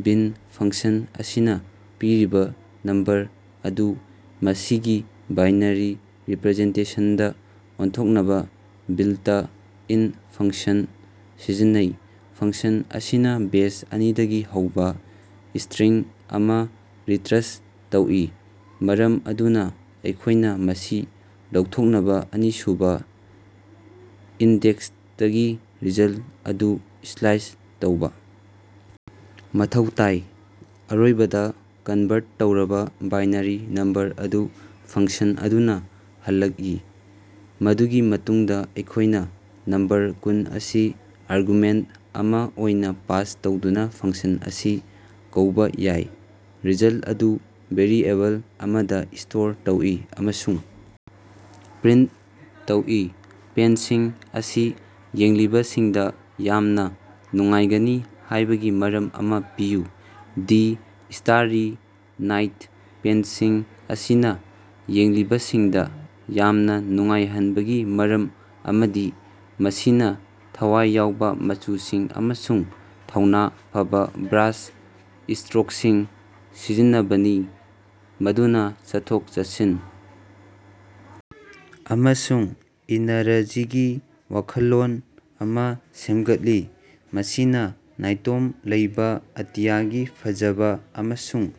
ꯕꯤꯟ function ꯑꯁꯤꯅꯥ ꯄꯤꯔꯤꯕꯥ number ꯑꯗꯨ ꯃꯁꯤꯒꯤ ꯕꯥꯏꯅꯥꯔꯤ ꯔꯤꯄ꯭ꯔꯖꯦꯟꯇꯦꯁꯟꯗꯥ ꯑꯣꯟꯊꯣꯛꯅꯕꯥ ꯕꯤꯜꯇ-ꯏꯟ ꯐꯪꯁꯟ ꯁꯤꯖꯤꯟꯅꯩ꯫ ꯐꯪꯁꯟ ꯑꯁꯤꯅꯥ ꯕꯦꯁ ꯑꯅꯤꯗꯒꯤ ꯍꯧꯕꯥ ꯏꯁꯇ꯭ꯔꯤꯡ ꯑꯃꯥ ꯔꯤꯇ꯭ꯔꯟ ꯇꯧꯏ ꯃꯔꯝ ꯑꯗꯨꯅꯥ ꯑꯩꯈꯣꯏꯅꯥ ꯃꯁꯤ ꯂꯧꯊꯣꯛꯅꯕꯥ ꯑꯅꯤꯁꯨꯕꯥ ꯏꯟꯗꯦꯛꯁꯇꯒꯤ ꯔꯤꯖꯜ ꯑꯗꯨ ꯁ꯭ꯂꯥꯏꯁ ꯇꯧꯕꯥ ꯃꯊꯧ ꯇꯥꯏ꯫ ꯑꯔꯣꯏꯕꯗꯥ, ꯀꯟꯚ꯭ꯔꯠ ꯇꯧꯔꯕꯥ ꯕꯥꯏꯅꯥꯔꯤ ꯅꯝꯕꯔ ꯑꯗꯨ ꯐꯪꯁꯟ ꯑꯗꯨꯅꯥ ꯍꯜꯂꯛꯏ꯫ ꯃꯗꯨꯒꯤ ꯃꯇꯨꯡꯗꯥ ꯑꯩꯈꯣꯏꯅꯥ ꯅꯝꯕꯔ ꯀꯨꯟ ꯑꯁꯤ ꯑꯥꯔꯒꯨꯃꯦꯟꯇ ꯑꯃꯥ ꯑꯣꯏꯅꯥ ꯄꯥꯁ ꯇꯧꯗꯨꯅꯥ ꯐꯪꯁꯟ ꯑꯁꯤ ꯀꯧꯕꯥ ꯌꯥꯏ꯫ ꯔꯤꯖꯜ ꯑꯗꯨ ꯚꯦꯔꯤꯑꯦꯕꯜ ꯑꯃꯗꯥ ꯁ꯭ꯇꯣꯔ ꯇꯧꯏ ꯑꯃꯁꯨꯡ ꯄ꯭ꯔꯤꯟꯇ ꯇꯧꯏ꯫ ꯄꯦꯟꯁꯤꯡ ꯑꯁꯤ ꯌꯦꯡꯂꯤꯕꯁꯤꯡꯗꯥ ꯌꯥꯝꯅꯥ ꯅꯨꯡꯉꯥꯏꯒꯅꯤ ꯍꯥꯏꯕꯒꯤ ꯃꯔꯝ ꯑꯃꯥ ꯄꯤꯌꯨ꯫ ꯗꯤ ꯁ꯭ꯇꯥꯔꯔꯤ ꯅꯥꯏꯠ ꯄꯦꯟꯁꯤꯡ ꯑꯁꯤꯅꯥ ꯌꯦꯡꯂꯤꯕꯁꯤꯡꯗꯥ ꯌꯥꯝꯅꯥ ꯅꯨꯡꯉꯥꯏꯍꯟꯕꯒꯤ ꯃꯔꯝ ꯑꯃꯗꯤ ꯃꯁꯤꯅꯥ ꯊꯋꯥꯏ ꯌꯥꯎꯕꯥ ꯃꯆꯨꯁꯤꯡ ꯑꯃꯁꯨꯡ ꯊꯧꯅꯥ ꯐꯕꯥ ꯕ꯭ꯔꯥꯁ ꯢꯁꯇ꯭ꯔꯣꯛꯁꯤꯡ ꯁꯤꯖꯤꯟꯅꯕꯅꯤ ꯃꯗꯨꯅꯥ ꯆꯠꯊꯣꯛ-ꯆꯠꯁꯤꯟ ꯑꯃꯁꯨꯡ ꯏꯅꯔꯖꯤꯒꯤ ꯋꯥꯈꯜꯂꯣꯟ ꯑꯃꯥ ꯁꯦꯝꯒꯠꯂꯤ, ꯃꯁꯤꯅꯥ ꯅꯥꯏꯇꯣꯝ ꯂꯩꯕꯥ ꯑꯇꯤꯌꯥꯒꯤ ꯐꯖꯕꯥ ꯑꯃꯁꯨꯡ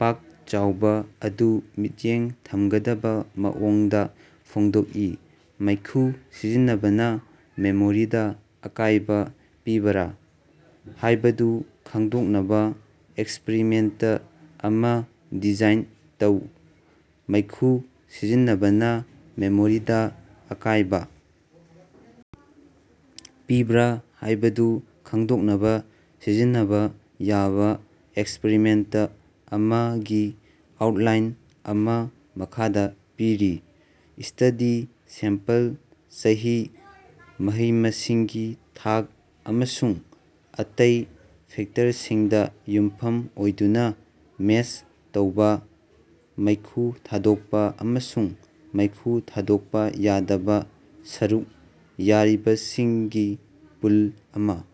ꯄꯥꯛ ꯆꯥꯎꯕꯥ ꯑꯗꯨ ꯃꯤꯠꯌꯦꯡ ꯊꯝꯒꯗꯕꯥ ꯃꯑꯣꯡꯗꯥ ꯐꯣꯡꯗꯣꯛꯏ꯫ ꯃꯩꯈꯨ ꯁꯤꯖꯤꯟꯅꯕꯅꯥ ꯃꯦꯃꯣꯔꯤꯗꯥ ꯑꯀꯥꯏꯕꯥ ꯄꯤꯕꯔꯥ ꯍꯥꯏꯕꯗꯨ ꯈꯪꯗꯣꯛꯅꯕꯥ ꯑꯦꯛꯁꯄ꯭ꯔꯤꯃꯦꯟꯇ ꯑꯃꯥ ꯗꯤꯖꯥꯏꯟ ꯇꯧ꯫ ꯃꯩꯈꯨ ꯁꯤꯖꯤꯟꯅꯕꯅꯥ ꯃꯦꯃꯣꯔꯤꯗꯥ ꯑꯀꯥꯏꯕꯥ ꯄꯤꯕ꯭ꯔꯥ ꯍꯥꯏꯕꯗꯨ ꯈꯪꯗꯣꯛꯅꯕꯥ ꯁꯤꯖꯤꯟꯅꯕꯥ ꯌꯥꯕꯥ ꯑꯦꯛꯁꯄ꯭ꯔꯤꯃꯦꯟꯇ ꯑꯃꯒꯤ ꯑꯥꯎꯠꯂꯥꯏꯟ ꯑꯃꯥ ꯃꯈꯥꯗꯥ ꯄꯤꯔꯤ꯫ ꯁ꯭ꯇꯗꯤ ꯁꯦꯝꯄꯜ ꯆꯍꯤ, ꯃꯍꯩ-ꯃꯁꯤꯡꯒꯤ ꯊꯥꯛ, ꯑꯃꯁꯨꯡ ꯑꯇꯩ ꯐꯦꯛꯇꯔꯁꯤꯡꯗꯥ ꯌꯨꯝꯐꯝ ꯑꯣꯏꯗꯨꯅꯥ ꯃꯦꯁ ꯇꯧꯕꯥ, ꯃꯩꯈꯨ ꯊꯥꯗꯣꯛꯄꯥ ꯑꯃꯁꯨꯡ ꯃꯩꯈꯨ ꯊꯥꯗꯣꯛꯄꯥ ꯌꯥꯗꯕꯥ ꯁꯔꯨꯛ ꯌꯥꯔꯤꯕꯁꯤꯡꯒꯤ ꯄꯨꯜ ꯑꯃꯥ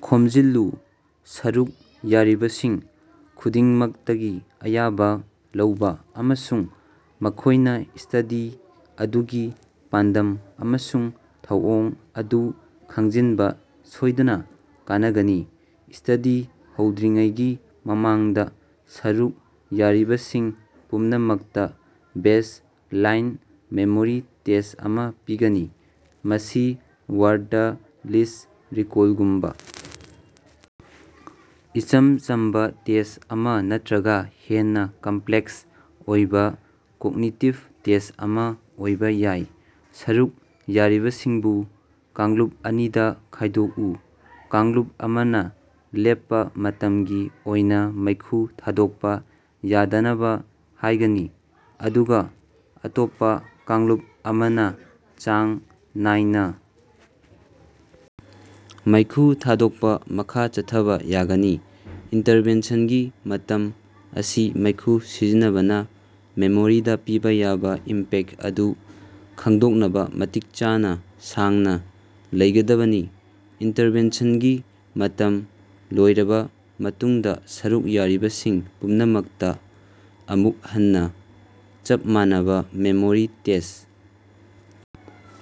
ꯈꯣꯝꯖꯤꯜꯂꯨ꯫ ꯁꯔꯨꯛ ꯌꯥꯔꯤꯕꯁꯤꯡ ꯈꯨꯗꯤꯡꯃꯛꯇꯒꯤ ꯑꯌꯥꯕꯥ ꯂꯧꯕꯥ ꯑꯃꯁꯨꯡ ꯃꯈꯣꯏꯅꯥ ꯁ꯭ꯇꯗꯤ ꯑꯗꯨꯒꯤ ꯄꯥꯟꯗꯝ ꯑꯃꯁꯨꯡ ꯊꯧꯑꯣꯡ ꯑꯗꯨ ꯈꯪꯖꯤꯟꯕꯥ ꯁꯣꯏꯗꯅꯥ ꯀꯥꯅꯒꯅꯤ꯫ ꯁ꯭ꯇꯗꯤ ꯍꯧꯗ꯭ꯔꯤꯉꯩꯒꯤ ꯃꯃꯥꯡꯗꯥ ꯁꯔꯨꯛ ꯌꯥꯔꯤꯕꯁꯤꯡ ꯄꯨꯝꯅꯃꯛꯇꯥ ꯕꯦꯖ ꯂꯥꯏꯟ ꯃꯦꯃꯣꯔꯤ ꯇꯦꯁ ꯑꯃꯥ ꯄꯤꯒꯅꯤ꯫ ꯃꯁꯤ ꯋꯥꯔꯗ ꯂꯤꯁ ꯔꯤꯀꯣꯜꯒꯨꯝꯕꯥ ꯏꯆꯝ ꯆꯝꯕꯥ ꯇꯦꯁ ꯑꯃꯥ ꯅꯠꯇ꯭ꯔꯒꯥ ꯍꯦꯟꯅꯥ ꯀꯝꯄ꯭ꯂꯦꯛꯁ ꯑꯣꯏꯕꯥ ꯀꯣꯛꯅꯤꯇꯤꯚ ꯇꯦꯁ ꯑꯃꯥ ꯑꯣꯏꯕꯥ ꯌꯥꯏ꯫ ꯁꯔꯨꯛ ꯌꯥꯔꯤꯕꯁꯤꯡꯕꯨ ꯀꯥꯡꯂꯨꯞ ꯑꯅꯤꯗꯥ ꯈꯥꯏꯗꯣꯛꯎ꯫ ꯀꯥꯡꯂꯨꯞ ꯑꯃꯅꯥ ꯂꯦꯞꯄꯥ ꯃꯇꯝꯒꯤ ꯑꯣꯏꯅꯥ ꯃꯩꯈꯨ ꯊꯥꯗꯣꯛꯄꯥ ꯌꯥꯗꯅꯕꯥ ꯍꯥꯏꯒꯅꯤ, ꯑꯗꯨꯒꯥ ꯑꯇꯣꯞꯄꯥ ꯀꯥꯡꯂꯨꯞ ꯑꯃꯅꯥ ꯆꯥꯡ ꯅꯥꯏꯅꯥ ꯃꯩꯈꯨ ꯊꯥꯗꯣꯛꯄꯥ ꯃꯈꯥ ꯆꯠꯊꯕꯥ ꯌꯥꯒꯅꯤ꯫ ꯏꯟꯇꯔꯚꯦꯟꯁꯟꯒꯤ ꯃꯇꯝ ꯑꯁꯤ ꯃꯩꯈꯨ ꯁꯤꯖꯤꯟꯅꯕꯅꯥ ꯃꯦꯃꯣꯔꯤꯗꯥ ꯄꯤꯕꯥ ꯌꯥꯕꯥ ꯏꯝꯄꯦꯛ ꯑꯗꯨ ꯈꯪꯗꯣꯛꯅꯕꯥ ꯃꯇꯤꯛ ꯆꯥꯅꯥ ꯁꯥꯡꯅꯥ ꯂꯩꯒꯗꯕꯅꯤ꯫ ꯏꯟꯇꯔꯚꯦꯟꯁꯟꯒꯤ ꯃꯇꯝ ꯂꯣꯏꯔꯕꯥ ꯃꯇꯨꯡꯗꯥ, ꯁꯔꯨꯛ ꯌꯥꯔꯤꯕꯁꯤꯡ ꯄꯨꯝꯅꯃꯛꯇꯥ ꯑꯃꯨꯛ ꯍꯟꯅꯥ ꯆꯞ ꯃꯥꯟꯅꯕꯥ ꯃꯦꯃꯣꯔꯤ ꯇꯦꯁ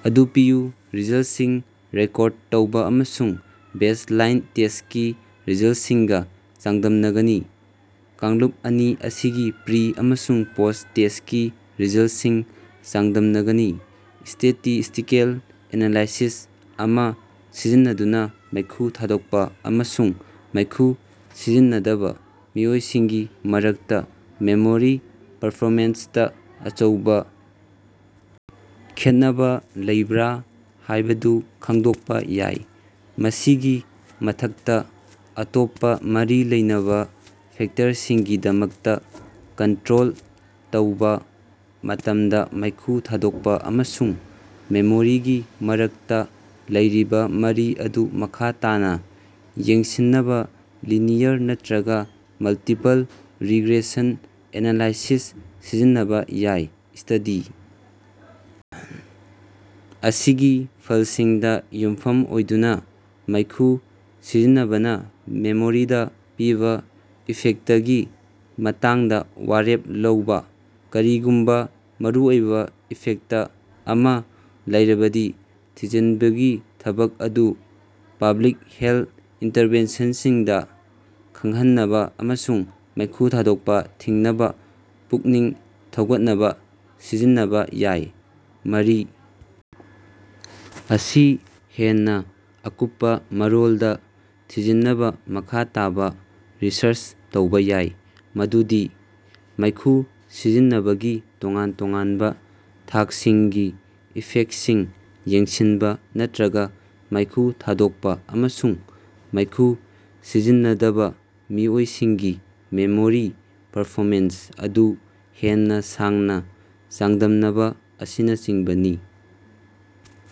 ꯑꯗꯨ ꯄꯤꯌꯨ꯫ ꯔꯤꯖꯜꯁꯤꯡ ꯔꯦꯀꯣꯔꯗ ꯇꯧꯕꯥ ꯑꯃꯁꯨꯡ ꯕꯦꯖ ꯂꯥꯏꯟ ꯇꯦꯁꯀꯤ ꯔꯤꯖꯜꯁꯤꯡꯒꯥ ꯆꯥꯡꯗꯝꯅꯒꯅꯤ꯫ ꯀꯥꯡꯂꯨꯞ ꯑꯅꯤ ꯑꯁꯤꯒꯤ ꯄ꯭ꯔꯤ- ꯑꯃꯁꯨꯡ ꯄꯣꯁ꯭ꯠ-ꯇꯦꯁꯀꯤ ꯔꯤꯖꯜꯁꯤꯡ ꯆꯥꯡꯗꯝꯅꯒꯅꯤ꯫ ꯁ꯭ꯇꯦꯇꯤꯁ꯭ꯇꯤꯀꯦꯜ ꯑꯦꯅꯥꯂꯥꯏꯁꯤꯁ ꯑꯃꯥ ꯁꯤꯖꯤꯟꯅꯗꯨꯅꯥ ꯃꯩꯈꯨ ꯊꯥꯗꯣꯛꯄꯥ ꯑꯃꯁꯨꯡ ꯃꯩꯈꯨ ꯁꯤꯖꯤꯟꯅꯗꯕꯥ ꯃꯤꯑꯣꯏꯁꯤꯡꯒꯤ ꯃꯔꯛꯇꯥ ꯃꯦꯃꯣꯔꯤ ꯄꯔꯐꯣꯃꯦꯟꯁꯇꯥ ꯑꯆꯧꯕꯥ ꯈꯦꯠꯅꯕꯥ ꯂꯩꯕ꯭ꯔꯥ ꯍꯥꯏꯕꯗꯨ ꯈꯪꯗꯣꯛꯄꯥ ꯌꯥꯏ꯫ ꯃꯁꯤꯒꯤ ꯃꯊꯛꯇꯥ, ꯑꯇꯣꯞꯄꯥ ꯃꯔꯤ ꯂꯩꯅꯕꯥ ꯐꯦꯛꯇꯔꯁꯤꯡꯒꯤꯗꯃꯛꯇꯥ ꯀꯟꯇ꯭ꯔꯣꯜ ꯇꯧꯕꯥ ꯃꯇꯝꯗꯥ ꯃꯩꯈꯨ ꯊꯥꯗꯣꯛꯄꯥ ꯑꯃꯁꯨꯡ ꯃꯦꯃꯣꯔꯤꯒꯤ ꯃꯔꯛꯇꯥ ꯂꯩꯔꯤꯕꯥ ꯃꯔꯤ ꯑꯗꯨ ꯃꯈꯥ ꯇꯥꯅꯥ ꯌꯦꯡꯁꯤꯟꯅꯕꯥ ꯂꯤꯅꯤꯌꯔ ꯅꯠꯇ꯭ꯔꯒꯥ ꯃꯜꯇꯤꯄꯜ ꯔꯤꯒ꯭ꯔꯦꯁꯟ ꯑꯦꯅꯥꯂꯥꯏꯁꯤꯁ ꯁꯤꯖꯤꯟꯅꯕꯥ ꯌꯥꯏ꯫ ꯁ꯭ꯇꯗꯤ ꯑꯁꯤꯒꯤ ꯐꯜꯁꯤꯡꯗꯥ ꯌꯨꯝꯐꯝ ꯑꯣꯏꯗꯨꯅꯥ, ꯃꯩꯈꯨ ꯁꯤꯖꯤꯟꯅꯕꯅꯥ ꯃꯦꯃꯣꯔꯤꯗꯥ ꯄꯤꯕꯥ ꯏꯐꯦꯛꯇꯀꯤ ꯃꯇꯥꯡꯗꯥ ꯋꯥꯔꯦꯞ ꯂꯧꯕꯥ꯫ ꯀꯔꯤꯒꯨꯝꯕꯥ ꯃꯔꯨꯑꯣꯏꯕꯥ ꯏꯐꯦꯛꯇ ꯑꯃꯥ ꯂꯩꯔꯕꯗꯤ, ꯊꯤꯖꯤꯟꯕꯒꯤ ꯊꯕꯛ ꯑꯗꯨ ꯄꯕ꯭ꯂꯤꯛ ꯍꯦꯜ ꯏꯟꯇꯔꯚꯦꯟꯁꯟꯁꯤꯡꯗꯥ ꯈꯪꯍꯟꯅꯕꯥ ꯑꯃꯁꯨꯡ ꯃꯩꯈꯨ ꯊꯥꯗꯣꯛꯄꯥ ꯊꯤꯡꯅꯕꯥ ꯄꯨꯛꯅꯤꯡ ꯊꯧꯒꯠꯅꯕꯥ ꯁꯤꯖꯤꯟꯅꯕꯥ ꯌꯥꯏ꯫ ꯃꯔꯤ ꯑꯁꯤ ꯍꯦꯟꯅꯥ ꯑꯀꯨꯞꯄꯥ ꯃꯔꯣꯜꯗꯥ ꯊꯤꯖꯤꯟꯅꯕꯥ ꯃꯈꯥ ꯇꯥꯕꯥ ꯔꯤꯁꯔꯆ ꯇꯧꯕꯥ ꯌꯥꯏ, ꯃꯗꯨꯗꯤ ꯃꯩꯈꯨ ꯁꯤꯖꯤꯟꯅꯕꯒꯤ ꯇꯣꯉꯥꯟ ꯇꯣꯉꯥꯟꯕꯥ ꯊꯥꯛꯁꯤꯡꯒꯤ ꯏꯐꯦꯛꯁꯤꯡ ꯌꯦꯡꯁꯤꯟꯕꯥ ꯅꯠꯇ꯭ꯔꯒꯥ ꯃꯩꯈꯨ ꯊꯥꯗꯣꯛꯄꯥ ꯑꯃꯁꯨꯡ ꯃꯩꯈꯨ ꯁꯤꯖꯤꯟꯅꯗꯕꯥ ꯃꯤꯑꯣꯏꯁꯤꯡꯒꯤ ꯃꯦꯃꯣꯔꯤ ꯄꯔꯐꯣꯃꯦꯟꯁ ꯑꯗꯨ ꯍꯦꯟꯅꯥ ꯁꯥꯡꯅꯥ ꯆꯥꯡꯗꯝꯅꯕꯥ ꯑꯁꯤꯅꯆꯤꯡꯕꯅꯤ꯫